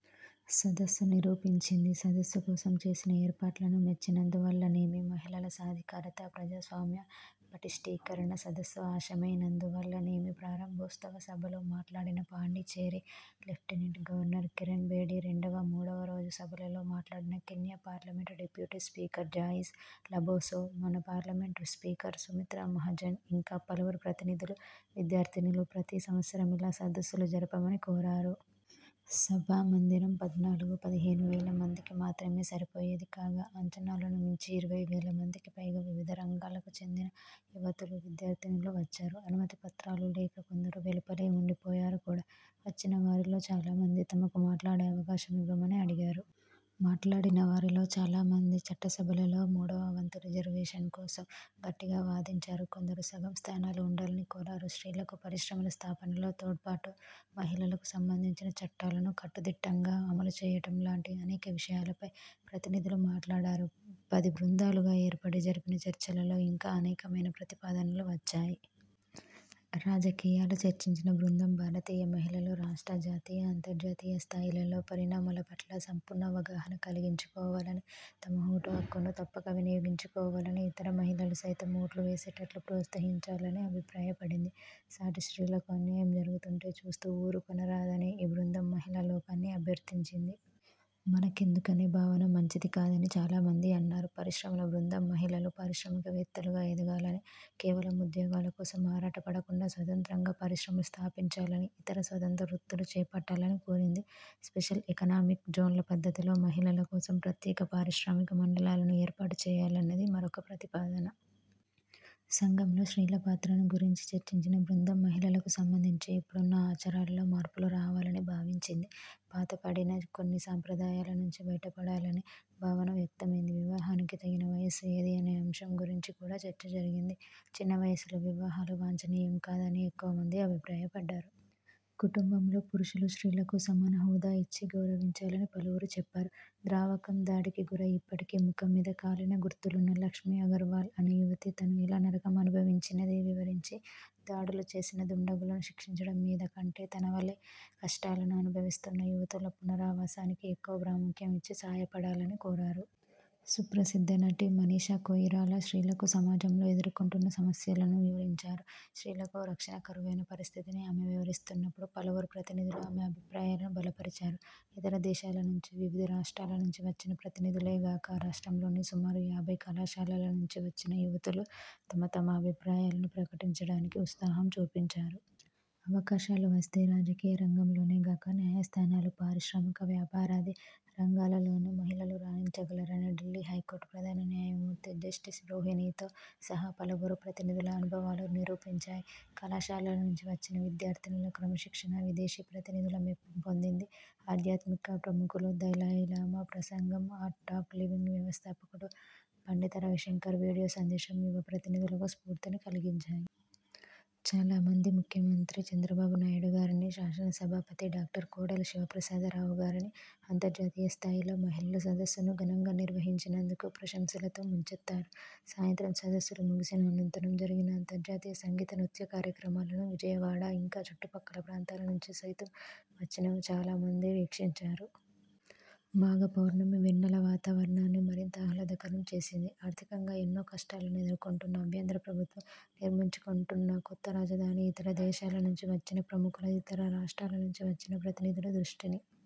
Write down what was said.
సదస్సు నిరూపించింది. సదస్సు కోసం చేసిన ఏర్పాట్లను మెచ్చినందువల్లనేమి, 'మహిళల సాధికారత ప్రజాస్వామ్య పటిష్ఠీకరణ' సదస్సు ఆశయమైనందువల్లనేమి, ప్రారంభోత్సవ సభలో మాట్లాడిన పాండిచేరి లెఫ్టినెంట్ గవర్నర్ కిరణ్బేడి, రెండవ, మూడవ రోజు సభలలో మాట్లాడిన Kenya parliament deputy speaker Joyce Laboso, మన పార్లమెంట్ స్పీకర్ సుమిత్రా మహాజన్, ఇంకా పలువురు ప్రతినిధులు, విద్యార్థినులు ప్రతి సంవత్సరం ఇలా సదస్సులు జరపమని కోరారు. సభామందిరం పద్నాలుగు, పదిహేను వేల మందికి మాత్రమే సరిపోయేది కాగా అంచనాలను మించి ఇరవై వేల మందికి పైగా వివిధ రంగాలకు చెందిన యువతులు, విద్యార్థినులు వచ్చారు. అనుమతి పత్రాలు లేక కొందరు వెలుపలే ఉండిపోయారు కూడా. వచ్చిన వారిలో చాలా మంది తమకు మాట్లాడే అవకాశం ఇవ్వమని అడిగారు. మాట్లాడిన వారిలో చాలా మంది చట్టసభలలో మూడవ వంతు రిజర్వేషను కోసం గట్టిగా వాదించారు. కొందరు సగం స్థానాలు ఉండాలని కోరారు. స్త్రీలకు పరిశ్రమల స్థాపనలో తోడ్పాటు, మహిళలకు సంబంధించిన చట్టాలను కట్టుదిట్టంగా అమలు చేయటం లాంటి అనేక విషయాలపై ప్రతినిధులు మాట్లాడారు. పది బృందాలుగా ఏర్పడి జరిపిన చర్చలలో ఇంకా అనేకమైన ప్రతిపాదనలు వచ్చాయి. రాజకీయాలు చర్చించిన బృందం భారతీయ మహిళలు రాష్ట్ర, జాతీయ, అంతర్జాతీయ స్థాయిలలో పరిణామాల పట్ల సంపూర్ణ అవగాహన కలిగించుకోవాలనీ, తమ ఓటు హక్కును తప్పక వినియోగించుకోవాలనీ, ఇతర మహిళలు సైతం ఓట్లు వేసేటట్లు ప్రోత్సహించాలనీ అభిప్రాయపడింది. సాటి స్త్రీలకు అన్యాయం జరుగుతుంటే చూస్తూ వూరుకొనరాదని ఈ బృందం మహిళాలోకాన్ని అభ్యర్థించింది. మనకెందుకనే భావన మంచిది కాదని చాలామంది అన్నారు. పరిశ్రమల బృందం మహిళలు పారిశ్రామికవేత్తలుగా ఎదగాలనీ, కేవలం ఉద్యోగాల కోసం ఆరాటపడకుండా స్వతంత్రంగా పరిశ్రమలు స్థాపించాలనీ, ఇతర స్వతంత్ర వృత్తులు చేపట్టాలనీ కోరింది. స్పెషల్ ఎకనామిక్ జోన్ల పద్ధతిలో మహిళల కోసం ప్రత్యేక పారిశ్రామిక మండలాలను ఏర్పాటు చేయాలన్నది మరొక ప్రతిపాదన. సంఘంలో స్త్రీల పాత్రను గురించి చర్చించిన బృందం మహిళలకు సంబంధించి ఇప్పుడున్న ఆచారాలలో మార్పులు రావాలని భావించింది. పాతపడిన కొన్ని సంప్రదాయాల నుంచి బయటపడాలనే భావన వ్యక్తమైంది. వివాహానికి తగిన వయస్సు ఏది అనే అంశం గురించి కూడా చర్చ జరిగింది. చిన్న వయస్సులో వివాహాలు వాంఛనీయం కాదని ఎక్కువమంది అభిప్రాయపడ్డారు. కుటుంబంలో పురుషులు స్త్రీలకు సమాన హోదా ఇచ్చి గౌరవించాలని పలువురు చెప్పారు. ద్రావకం దాడికి గురై, ఇప్పటికీ ముఖం మీద కాలిన గుర్తులున్న లక్ష్మీ అగర్వాల్ అనే యువతి తను ఎలా నరకం అనుభవించినదీ వివరించి, దాడులు చేసిన దుండగులను శిక్షించటం మీద కంటే తన వలె కష్టాలను అనుభవిస్తున్న యువతుల పునరావాసానికి ఎక్కువ ప్రాముఖ్యం ఇచ్చి సాయపడాలని కోరారు. సుప్రసిద్ధ నటి మనీషా కోయిరాలా స్త్రీలకు సమాజంలో ఎదుర్కొంటున్న సమస్యలను వివరించారు. స్త్రీలకు రక్షణ కరువైన పరిస్థితిని ఆమె వివరిస్తున్నప్పుడు పలువురు ప్రతినిధులు ఆమె అభిప్రాయాలను బలపరిచారు. ఇతర దేశాల నుంచి, వివిధ రాష్ట్రాల నుంచి వచ్చిన ప్రతినిధులే గాక, రాష్ట్రంలోని సుమారు యాభై కళాశాలల నుంచి వచ్చిన యువతులు తమ తమ అభిప్రాయాలను ప్రకటించటానికి ఉత్సాహం చూపించారు. అవకాశాలు వస్తే రాజకీయ రంగంలోనే గాక, న్యాయస్థానాలు, పారిశ్రామిక, వ్యాపారాది రంగాలలోను మహిళలు రాణించగలరని ఢిల్లీ హైకోర్టు ప్రధాన న్యాయమూర్తి జస్టిస్ రోహిణితో సహా పలువురు ప్రతినిధుల అనుభవాలు నిరూపించాయి. కళాశాలల నుంచి వచ్చిన విద్యార్థినుల క్రమశిక్షణ విదేశీ ప్రతినిధుల మెప్పు పొందింది. ఆధ్యాత్మిక ప్రముఖులు దలైలామా ప్రసంగం, 'ఆర్ట్ ఆఫ్ లివింగ్' వ్యవస్థాపకుడు పండిత రవిశంకర్ వీడియో సందేశం యువ ప్రతినిధులకు స్ఫూర్తిని కలిగించాయి. చాలా మంది ముఖ్యమంత్రి చంద్రబాబు నాయుడు గారినీ, శాసనసభాపతి డాక్టర్ కోడెల శివప్రసాదరావు గారినీ అంతర్జాతీయ స్థాయిలో మహిళల సదస్సును ఘనంగా నిర్వహించినందుకు ప్రశంసలతో ముంచెత్తారు. సాయంత్రం సదస్సులు ముగిసిన అనంతరం జరిగిన అంతర్జాతీయ సంగీత నృత్య కార్యక్రమాలను విజయవాడ, ఇంకా చుట్టుపక్కల ప్రాంతాల నుంచి సైతం వచ్చిన చాలా మంది వీక్షించారు. మాఘ పౌర్ణమి వెన్నెల వాతావరణాన్ని మరింత ఆహ్లాదకరం చేసింది. ఆర్థికంగా ఎన్నో కష్టాలను ఎదుర్కొంటూ నవ్యాంధ్ర ప్రభుత్వం నిర్మించుకొంటున్న కొత్త రాజధాని ఇతర దేశాల నుంచి వచ్చిన ప్రముఖుల, ఇతర రాష్ట్రాల నుంచి వచ్చిన ప్రతినిధుల దృష్టిని